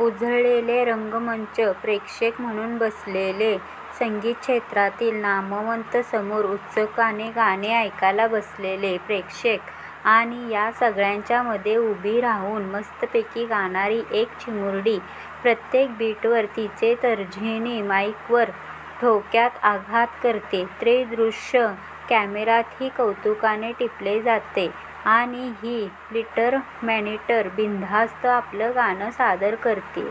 उजळलेला रंगमंच. परीक्षक म्हणून बसलेले संगीतक्षेत्रातले नामवंत. समोर उत्सुकतेने गाणं ऐकायला बसलेले प्रेक्षक आणि या सगळ्यांच्या मध्ये उभी राहून मस्तपैकी गाणारी एक चिमुरडी! प्रत्येक बीटवर तिची तर्जनी माईकवर ठेक्यात आघात करतेय, ते दृश्य कॅमेऱ्यातही कौतुकाने टिपलं जातंय आणि ही 'लिटिल मॉनिटर' बिनधास्त आपलं गाणं सादर करतेय.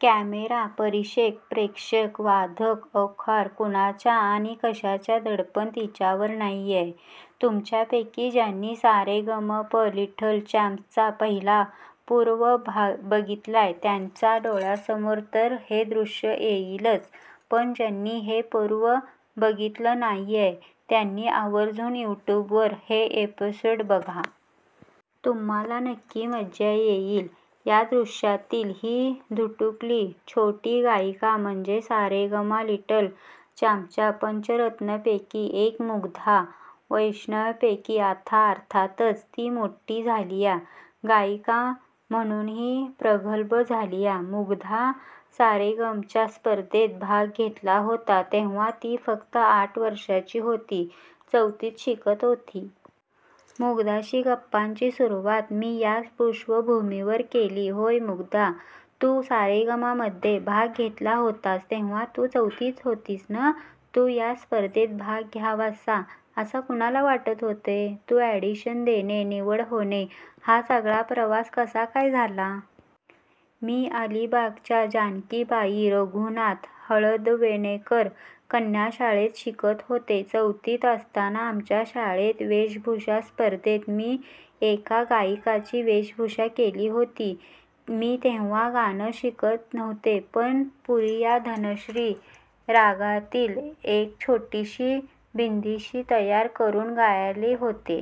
कॅमेरा, परीक्षक, प्रेक्षक, वादक, अँकर कुणाचंच आणि कशाचंच दडपण तिच्यावर नाहीये! तुमच्यापैकी ज्यांनी 'सारेगमप लिटिल चॅम्प्स'चं पहिलं पर्व बघितलंय, त्यांच्या डोळ्यांसमोर तर हे दृश्य येईलच, पण ज्यांनी हे पर्व बघितलं नाहीये त्यांनी आवर्जून यूट्यूबवर हे एपिसोड्स बघा. तुम्हांला नक्की मज्जा येईल! या दृश्यातली ही धिटुकली छोटी गायिका म्हणजे सारेगमप लिटिल चॅम्प्सच्या पंचरत्नांपैकी एक- मुग्धा वैशंपायन! आता अर्थातच ती मोठी झालीय, गायिका म्हणूनही प्रगल्भ झालीय. मुग्धा 'सारेगमप'च्या स्पर्धेत भाग घेतला होता तेव्हा ती फक्त आठ वर्षांची होती, चौथीत शिकत होती. मुग्धाशी गप्पांची सुरुवात मी याच पार्श्वभूमीवर केली. 'हाय मुग्धा! तू सारेगमपमध्ये भाग घेतला होतास तेव्हा चौथीत होतीस ना? तू या स्पर्धेत भाग घ्यावास असं कुणाला वाटलं होतं, तू ऑडिशन देणं, निवड होणं हा सगळा प्रवास कसा काय झाला?' 'मी अलिबागच्या जानकीबाई रघुनाथ हळदवणेकर कन्याशाळेत शिकत होते. चौथीत असताना आमच्या शाळेत वेशभूषा स्पर्धेत मी एका गायिकेची वेशभूषा केली होती. मी तेव्हा गाणं शिकत नव्हते, पण पूरिया धनश्री रागातली एक छोटीशी बंदिश तयारी करून गायले होते.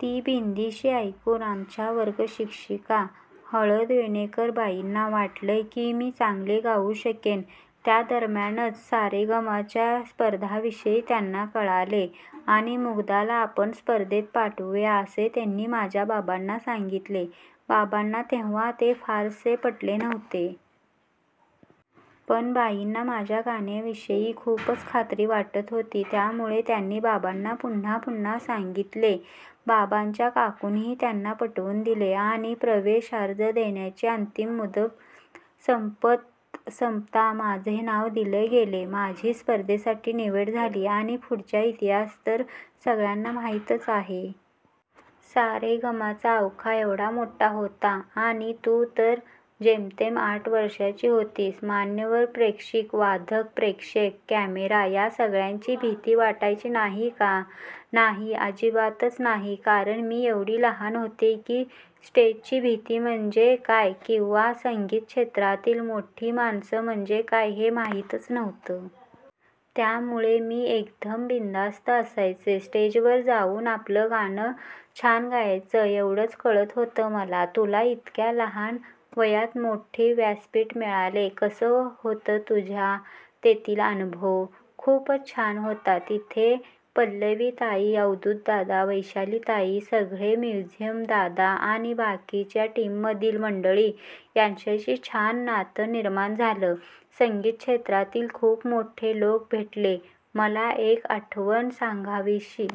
ती बंदिश ऐकून आमच्या वर्गशिक्षिका हळदवणेकरबाईंना वाटलं की, मी चांगली गाऊ शकेन. त्या दरम्यानच सारेगमपच्या स्पर्धेविषयी त्यांना कळलं आणि मुग्धाला आपण स्पर्धेत पाठवूया असं त्यांनी माझ्या बाबांना सांगितलं. बाबांना तेव्हा ते फारसं पटलं नव्हतं. पण बाईंना माझ्या गाण्याविषयी खूपच खात्री वाटत होती, त्यामुळे त्यांनी बाबांना पुन्हा पुन्हा सांगितलं. बाबांच्या काकूनेही त्यांना पटवून दिलं आणि प्रवेश अर्ज देण्याची अंतिम मुदत संपता संपता माझं नाव दिलं गेलं. माझी स्पर्धेसाठी निवड झाली आणि पुढचा इतिहास तर सगळ्यांना माहितीच आहे!' 'सारेगमपचा आवाका एवढा मोठा होता आणि तू तर जेमतेम आठ वर्षांची होतीस. मान्यवर परीक्षक, वादक, प्रेक्षक, कॅमेरा या सगळ्याची भीती वाटायची नाही का?' 'नाही. अजिबातच नाही. कारण मी एवढी लहान होते की, स्टेजची भीती म्हणजे काय किंवा संगीतक्षेत्रातली मोठी माणसं म्हणजे काय ते माहीतच नव्हतं! त्यामुळे मी एकदम बिनधास्त असायचे. स्टेजवर जाऊन आपलं गाणं छान गायचं, एवढंच कळत होतं मला.' 'तुला इतक्या लहान वयात मोठं व्यासपीठ मिळालं. कसा होता तुझा तिथला अनुभव?' 'खूपच छान होता. तिथे पल्लवीताई, अवधूतदादा, वैशालीताई, सगळे म्युझिशिअन दादा आणि बाकीची टीममधली मंडळी यांच्याशी छान नातं निर्माण झालं. संगीतक्षेत्रातले खूप मोठे लोक भेटले. मला एक आठवण सांगावीशी